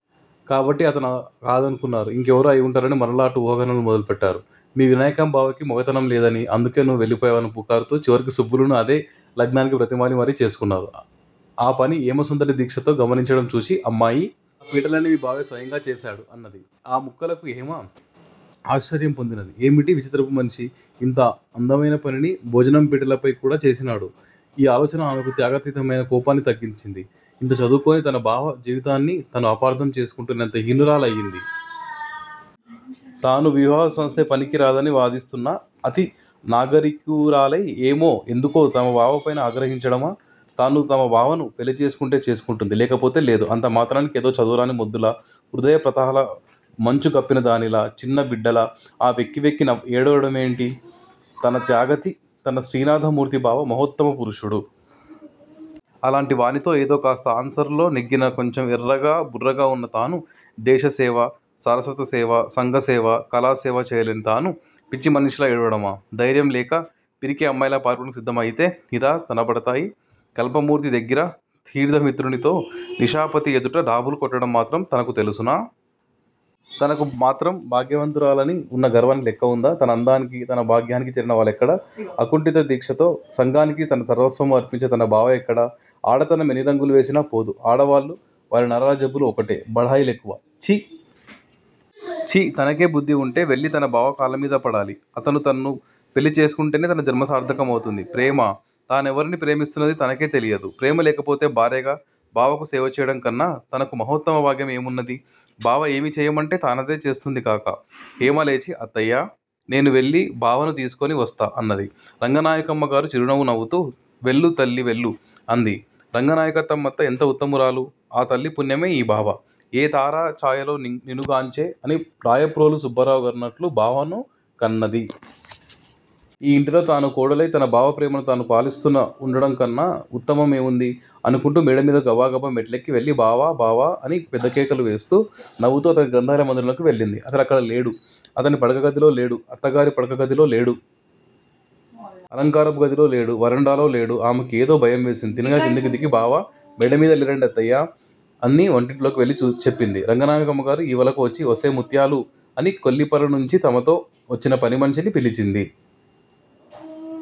కాబట్టి అతనూ కాదనుకున్నారు ఇంకెవరో అయివుంటారని మరలా అటు ఊహాగానాలు మొదలుపెట్టారు. మీ వినాయకం బావకి మొగతనం లేదని, అందుకే నువ్వు వెళ్ళిపోయావన్న పుకారుతో చివరికి సుబ్బులుని అదే లగ్నానికి బ్రతిమాలి మరీ చేసుకున్నారు. ఆ పని హేమసుందరి దీక్షతో గమనించడం చూచి, '' అమ్మాయీ! ఆ పీటలన్నీ మీ బావే స్వయంగా చేశాడు'' అన్నది. ఆ ముక్కలకు హేమ ఆశ్చర్యం పొందినది. ఏమిటీ విచిత్రపు మనిషి, ఇంత అందమైనపనిని భోజనం పీటలపై కూడా చేసినాడు! ఈ ఆలోచన ఆమెకు త్యాగతిపైన కోపాన్ని తగ్గించింది. ఇంత చదువుకొని, తన బావ జీవితాన్ని తను అపార్థం చేసుకునేటంత హీనురాలయింది. తాను వివాహసంస్థే పనికిరాదని వాదిస్తూన్న అతి నాగరికురాలై, ఏమో ఎందుకో తన బావపైన ఆగ్రహించడమా? తాను తన బావను పెళ్ళిచేసుకుంటే చేసుకుంటుంది, లేకపోతే లేదు. అంతమాత్రానికి ఏదో చదువురాని మొద్దులా, హృదయపథాల మంచు గప్పినదానిలా, చిన్న బిడ్డలా ఆ వెక్కి వెక్కి ఏడవడం ఏమిటి? తన త్యాగతి, తన శ్రీనాథమూర్తి బావ మహోత్తమ పురుషుడు. అలాంటివానితో ఏదో కాస్త ఆనర్సులో నెగ్గిన కొంచెం ఎర్రగా బుర్రగా ఉన్న తాను, దేశసేవ, సారస్వతసేవ, సంఘసేవ, కళాసేవ చేయలేని తాను, పిచ్చిమనిషిలా ఏడవడమా? ధైర్యంలేక, పిరికి అమ్మాయిలా పారిపోవడానికి సిద్దం అయితే! ఇదా తనబడాయి? కల్పమూర్తి దగ్గిర, తీర్థమిత్రునితో, నిశాపతి ఎదుట డాబులు కొట్టడం మాత్రం తనకు తెలుసునా? తనకు మాత్రం భాగ్యవంతురాలనని ఉన్న గర్వానికి లెక్కవుందా? తన అందానికీ, తన భాగ్యానికీ చేరిన వాళ్ళెక్కడ! అంకుఠితదీక్షతో సంఘానికి తన సర్వస్వము అర్పించే తన బావ ఎక్కడ! ఆడతనం ఎన్ని రంగులు వేసినా పోదు! ఆడవాళ్ళూ, వారి నరాల జబ్బులూ ఒకటే! బడాయి లెక్కువ! ఛీ! ఛీ! తనకే బుద్దివుంటే, వెళ్ళి తన బావ కాళ్ళమీదపడాలి. అతను తన్ను పెళ్ళిచేసుకుంటేనే తన జన్మసార్ధకం అవుతుంది. ప్రేమా? తానెవరిని ప్రేమిస్తున్నదీ తనకే తెలియదు. ప్రేమ లేకపోతే భార్యగా బావకు సేవచేయడంకన్న తనకు మహోత్తమ భాగ్యం ఏమున్నది? బావ ఏమి చేయమంటే తానదే చేస్తుందిగాక! హేమ లేచి '' అత్తయ్యా! నేను వెళ్ళి బావను తీసుకొని వస్తా '' అన్నది. రంగనాయకమ్మగారు చిరునవ్వు నవ్వుతూ '' వెళ్ళు తల్లీ వెళ్ళు '' అంది. రంగనాయకమ్మత్త ఎంత ఉత్తమురాలు. ఆ తల్లి పుణ్యమే ఈ బావ! '' ఏ తార చాయలో నినుగాంచె'' అని రాయప్రోలు సుబ్బారావుగారన్నట్లు బావను కన్నది. ఈ ఇంటిలో తాను కోడలై తన బావ ప్రేమను తాను పాలిస్తూ వుండడంకన్న ఉత్తమం ఏముంది? అనుకుంటూ మేడమీడకు గబగబ మెట్లెక్కి వెళ్ళి '' బావా! బావా! '' అని పెద్దకేకలువేస్తూ, నవ్వుతూ అతని గ్రంథాలయ మందిరంలోకి వెళ్ళింది. అతడక్కడలేడు. అతని పడక గదిలో లేడు, అత్తగారి పడకగదిలో లేడు. అలంకారపు గదిలో లేడు. వరండాలో లేడు. ఆమెకు ఏదో భయం వేసింది తిన్నగా క్రిందకు దిగి, '' బావ మేడమీద లేరండీ అత్తయ్యా? '' అని వంటింటిలోకి వెళ్ళి చెప్పింది. రంగనాయకమ్మగారు ఈవలకు వచ్చి ''ఒసే ముత్యాలూ! '' అని కొల్లిపరనుంచి తమతో వచ్చిన పనిమనిషిని పిలిచింది.